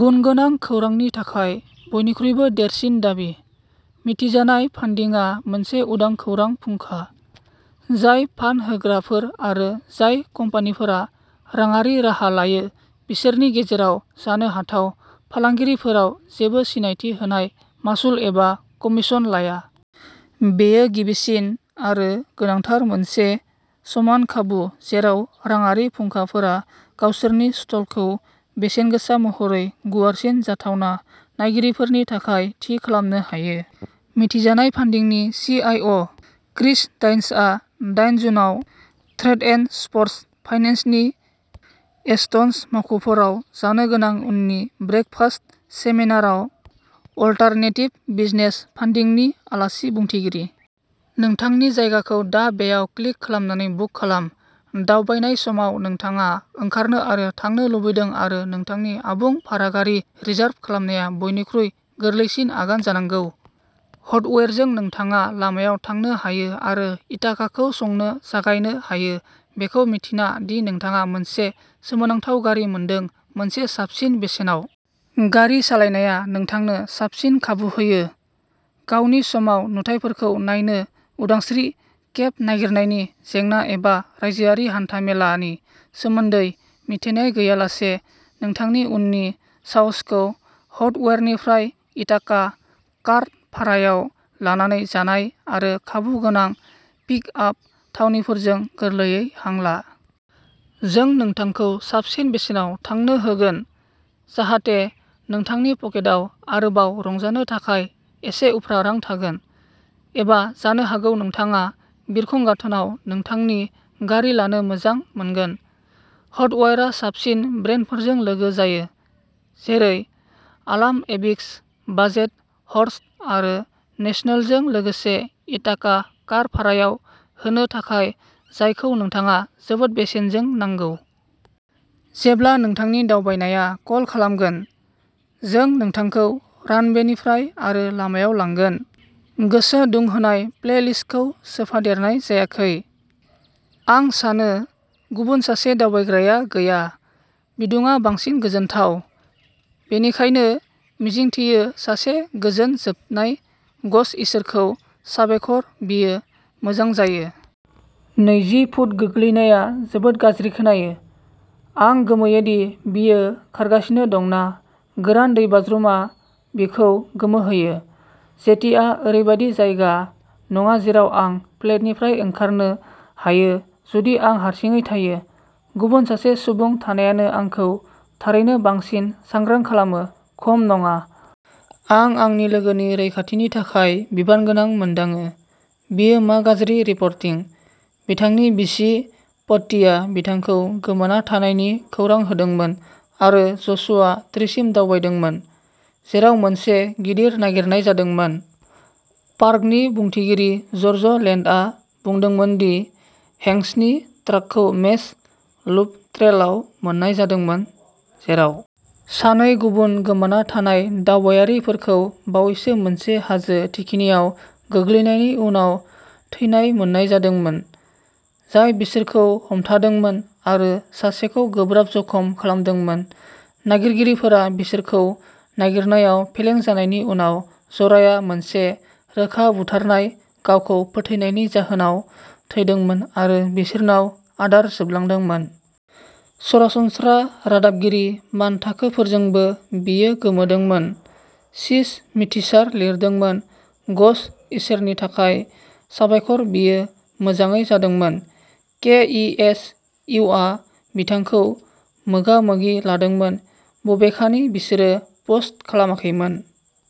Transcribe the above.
गुनगोनां खौरांनि थाखाय बयनिख्रुइबो देरसिन दाबि। मिथिजानाय फान्डिंआ मोनसे उदां खौरां फुंखा, जाय फान्ड होग्राफोर आरो जाय कम्पानिफोरा राङारि राहा लायो बिसोरनि गेजेराव जानो हाथाव फालांगिरिफोराव जेबो सिनायथि होनाय मासुल एबा कमिसन लाया। बेयो गिबिसिन आरो गोनांथार मोनसे समान खाबु जेराव राङारि फुंखाफोरा गावसोरनि स्टलखौ बेसेनगोसा महरै गुवारसिन जाथावना नायगिरिफोरनि थाखाय थि खालामनो हायो। मिथिजानाय फान्डिंनि सि. आइ. अ. क्रिस डाइन्सआ दाइन जुनआव ट्रेड एन्ड स्प'र्टस फाइनेन्सनि एस्टन मावख'फोराव जानो गोनां उननि ब्रेकफास्ट सेमिनारआव अलटारनेटिभ बिजनेस फान्डिंनि आलासि बुंथिगिरि। नोंथांनि जायगाखौ दा बेयाव क्लिक खालामनानै बुक खालाम। दावबायनाय समाव नोंथाङा ओंखारनो आरो थांनो लुबैदों आरो नोंथांनि आबुं भारा गारि रिजार्भ खालामनाया बयनिख्रुइ गोरलैसिन आगान जानांगौ। हटवायरजों नोंथाङा लामायाव थांनो हायो आरो इथाकाखौ संनो जागायनो हायो बेखौ मिन्थिना दि नोंथाङा मोनसे सोमोनांथाव गारि मोनदों मोनसे साबसिन बेसेनाव। गारि सालायनाया नोंथांनो साबसिन खाबु होयो। गावनि समाव नुथायफोरखौ नायनो उदांस्रि केब नागिरनायनि जेंना एबा रायजोआरि हान्था-मेलानि सोमोन्दै मिन्थिनाय गैयालासे नोंथांनि उननि साहसखौ हटवायरनिफ्राय इथाका कार भारायाव लानानै जागाय आरो खाबु गोनां पिक आप थावनिफोरजों गोरलैयै हां ला। जों नोंथांखौ साबसिन बेसेनाव थांनो होगोन। जाहाथे नोंथांनि पकेटाव आरोबाव रंजानो थाखाय एसे उफ्रा रां थागोन। एबा जानो हागौ नोंथाङा बिरखं गाथोनाव नोंथांनि गारि लानो मोजां मोनगोन? हटवायरआ साबसिन ब्रान्डफोरजों लोगो जायो। जेरै आलाम, एविस, बाजेट, हर्टज आरो नेशनलजों लोगोसे इथाका कार भारायाव होनो थाखाय जायखौ नोंथाङा जोबोद बेसेनजों नांगौ। जेब्ला नोंथांनि दावबायनाया कल खालामगोन, जों नोंथांखौ रानवेनिफ्राय आरो लामायाव लांगोन। गोसो दुंहोनाय प्लेलिस्टखौ सोफादेरनाय जायाखै। आं सानो गुबुन सासे दावबायग्राया गैया‌ बिदुंआ बांसिन गोजोनथाव। बेनिखायनो मिजिंथियो सासे गोजोन जोबनाय गश इसोरखौ साबायखर बेयो मोजां जायो। नैजि फुट गोग्लैनाया जोबोद गाज्रि खोनायो। आं गोमोयो दि बियो खारगासिनो दं ना गोरान दैबाज्रुमआ बिखौ गोमोहोयो। जेटिआ ओरैबायदि जायगा नङा जेराव आं फ्लेटनिफ्राय ओंखारनो हायो जुदि आं हारसिङै थायो। गुबुन सासे सुबुं थानायानो आंखौ थारैनो बांसिन सांग्रां खालामो खम नङा। आं आंनि लोगोनि रैखाथिनि थाखाय बिबानगोनां मोनदाङो। बेयो मा गाज्रि रिपर्टिं? बिथांनि बिसि पट्टीआ बिथांखौ गोमाना थानायनि खौरां होदोंमोन आरो जसुवा ट्रिसिम दावबायदोंमोन, जेराव मोनसे गिदिर नागिरनाय जादोंमोन। पार्कनि बुंथिगिरि जर्ज लेन्डआ बुंदोंमोन दि हेंक्सनि ट्राकखौ मेज लुप ट्रेलआव मोननाय जादोंमोन। जेराव सानै गुबुन गोमाना थानाय दावबायारिफोरखौ बावैसो मोनसे हाजो थिखिनियाव गोग्लैनायनि उनाव थैनाय मोननाय जादोंमोन। जाय बिसोरखौ हमथाहोदोंमोन आरो सासेखौ गोब्राब जखम खालामदोंमोन। नागिरगिरिफोरा बिसोरखौ नागिरनायाव फेलें जानायनि उनाव जराया मोनसे रोखा बुथारनाय गावखौ फोथैनायनि जाहोनाव थैदोंमोन आरो बिसोरनाव आदार जोबलांदोंमोन। सरासनस्रा रादाबगिरि मानथाखोफोरजोंबो बियो गोमोदोंमोन। शिश मिथिसार लिरदोंमोन गश इसोरनि थाखाय साबायखर बेयो मोजाङै जादोंमोन। के इ एस किउआ बिथांखौ मोगा-मोगि लादोंमोन बबेखानि बिसोरो पस्ट खालामाखै।